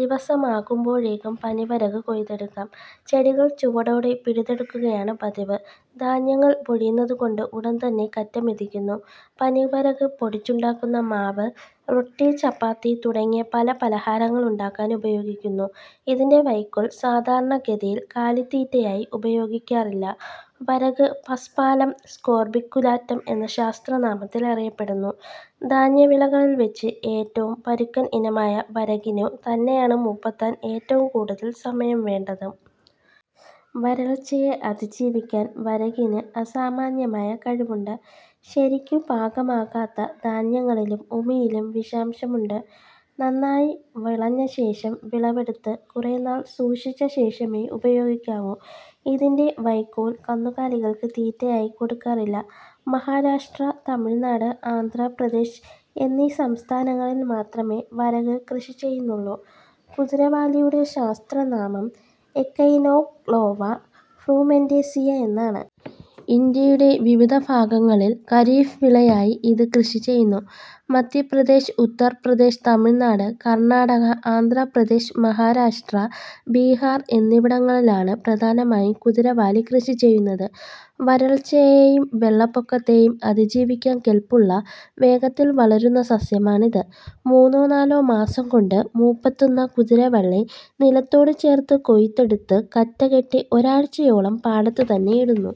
ദിവസമാകുമ്പോഴേക്കും പനിവരക് കൊയ്തെടുക്കാം. ചെടികൾ ചുവടോടെ പിഴുതെടുക്കുകയാണു പതിവ്. ധാന്യങ്ങൾ പൊഴിയുന്നതുകൊണ്ട് ഉടൻതന്നെ കറ്റ മെതിക്കുന്നു. പനിവരക് പൊടിച്ചുണ്ടാക്കുന്ന മാവ് റൊട്ടി, ചപ്പാത്തി തുടങ്ങിയ പല പലഹാരങ്ങളുണ്ടാക്കാനുപയോഗിക്കുന്നു. ഇതിന്റെ വയ്ക്കോൽ സാധാരണഗതിയിൽ കാലിത്തീറ്റയായി ഉപയോഗിക്കാറില്ല. വരക് പസ്പാലം സ്കോർബിക്കുലാറ്റം എന്ന ശാസ്ത്രനാമത്തിൽ അറിയപ്പെടുന്നു. ധാന്യവിളകളിൽവച്ച് ഏറ്റവും പരുക്കൻ ഇനമായ വരകിനു തന്നെയാണ് മൂപ്പെത്താൻ ഏറ്റവും കൂടുതൽ സമയം വേണ്ടതും. വരൾച്ചയെ അതിജീവിക്കാൻ വരകിന് അസാമാന്യമായ കഴിവുണ്ട്. ശരിക്കു പാകമാകാത്ത ധാന്യങ്ങളിലും ഉമിയിലും വിഷാംശമുണ്ട്. നന്നായി വിളഞ്ഞശേഷം വിളവെടുത്ത് കുറേനാൾ സൂക്ഷിച്ചശേഷമേ ഉപയോഗിക്കാവൂ. ഇതിന്റെ വയ്ക്കോൽ കന്നുകാലികൾക്ക് തീറ്റയായി കൊടുക്കാറില്ല. മഹാരാഷ്ട്ര, തമിഴ്നാട്, ആന്ധ്രപ്രദേശ് എന്നീ സംസ്ഥാനങ്ങളിൽ മാത്രമേ വരക് കൃഷി ചെയ്യുന്നുള്ളൂ. കുതിരവാലിയുടെ ശാസ്ത്രനാമം: എക്കൈനോക്ളോവ ഫ്രുമെന്റേസിയ എന്നാണ്. ഇന്ത്യയുടെ വിവിധ ഭാഗങ്ങളിൽ ഖരീഫ് വിളയായി ഇത് കൃഷിചെയ്യുന്നു. മധ്യപ്രദേശ്, ഉത്തർപ്രദേശ്, തമിഴ്നാട്, കർണാടക, ആന്ധ്രപ്രദേശ്, മഹാരാഷ്ട്ര, ബിഹാർ എന്നിവിടങ്ങളിലാണ് പ്രധാനമായും കുതിരവാലി കൃഷിചെയ്യുന്നത്. വരൾച്ചയെയും വെള്ളപ്പൊക്കത്തെയും അതിജീവിക്കാൻ കെല്പുള്ള, വേഗത്തിൽ വളരുന്ന സസ്യമാണിത്. മൂന്നോ നാലോ മാസംകൊണ്ട് മൂപ്പെത്തുന്ന കുതിരവള്ളി നിലത്തോടു ചേർത്ത് കൊയ്തെടുത്തു കറ്റകെട്ടി ഒരാഴ്ചയോളം പാടത്തുതന്നെ ഇടുന്നു.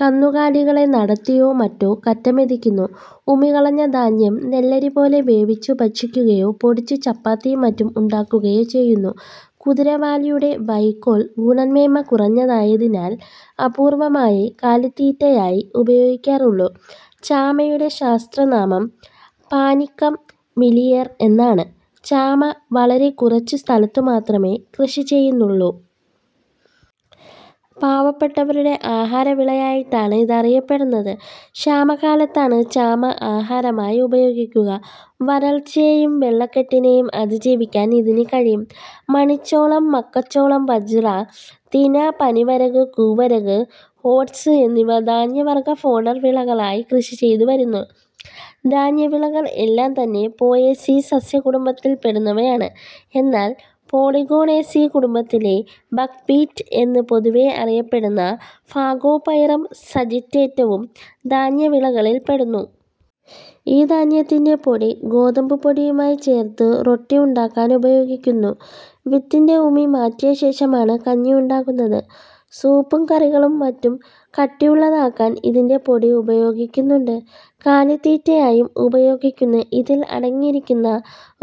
കന്നുകാലികളെ നടത്തിയോ മറ്റോ കറ്റ മെതിക്കുന്നു. ഉമി കളഞ്ഞ ധാന്യം നെല്ലരി പോലെ വേവിച്ചു ഭക്ഷിക്കുകയോ പൊടിച്ച് ചപ്പാത്തിയും മറ്റും ഉണ്ടാക്കുകയോ ചെയ്യുന്നു. കുതിരവാലിയുടെ വയ്ക്കോൽ ഗുണമേന്മ കുറഞ്ഞതായതിനാൽ അപൂർവമായേ കാലിത്തീറ്റയായി ഉപയോഗിക്കാറുള്ളൂ. ചാമയുടെ ശാസ്ത്രനാമം: പാനിക്കം മിലിയേർ. എന്നാണ്. ചാമ വളരെ കുറച്ചു സ്ഥലത്തു മാത്രമേ കൃഷിചെയ്യുന്നുള്ളൂ. പാവപ്പെട്ടവരുടെ ആഹാരവിളയായിട്ടാണ് ഇത് അറിയപ്പെടുന്നത്. ക്ഷാമകാലത്താണ് ചാമ ആഹാരമായി ഉപയോഗിക്കുക. വരൾച്ചയെയും വെള്ളക്കെട്ടിനെയും അതിജീവിക്കാൻ ഇതിനു കഴിയും. മണിച്ചോളം, മക്കച്ചോളം, ബജ്റ, തിന, പനിവരക്, കൂവരക്, ഓട്സ് എന്നിവ ധാന്യവർഗ ഫോഡർ വിളകളായി കൃഷിചെയ്തുവരുന്നു. ധാന്യവിളകൾ എല്ലാംതന്നെ പോയേസീ സസ്യകുടുംബത്തിൽപ്പെടുന്നവയാണ്. എന്നാൽ പോളിഗോണേസീ കുടുംബത്തിലെ ബക് വീറ്റ് എന്ന് പൊതുവേ അറിയപ്പെടുന്ന ഫാഗോപൈറം സജിറ്റേറ്റവും ധാന്യവിളകളിൽപ്പെടുന്നു. ഈ ധാന്യത്തിന്റെ പൊടി ഗോതമ്പുപൊടിയുമായിച്ചേർത്ത് റൊട്ടിയുണ്ടാക്കാനുപയോഗിക്കുന്നു. വിത്തിന്റെ ഉമി മാറ്റിയശേഷമാണ് കഞ്ഞിയുണ്ടാക്കുന്നത്. സൂപ്പും കറികളും മറ്റും കട്ടിയുള്ളതാക്കാൻ ഇതിന്റെ പൊടി ഉപയോഗിക്കുന്നുണ്ട്. കാലിത്തീറ്റയായും ഉപയോഗിക്കുന്നു. ഇതിൽ അടങ്ങിയിരിക്കുന്ന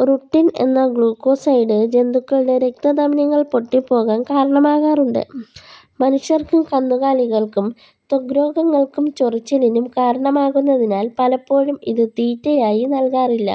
റുട്ടിൻ എന്ന ഗ്ളൂക്കോസൈഡ് ജന്തുക്കളുടെ രക്തധമനികൾ പൊട്ടിപ്പോകാൻ കാരണമാകാറുണ്ട്. മനുഷ്യർക്കും കന്നുകാലികൾക്കും ത്വഗ്രോഗങ്ങൾക്കും ചൊറിച്ചിലിനും കാരണമാകുന്നതിനാൽ പലപ്പോഴും ഇത് തീറ്റയായി നല്കാറില്ല.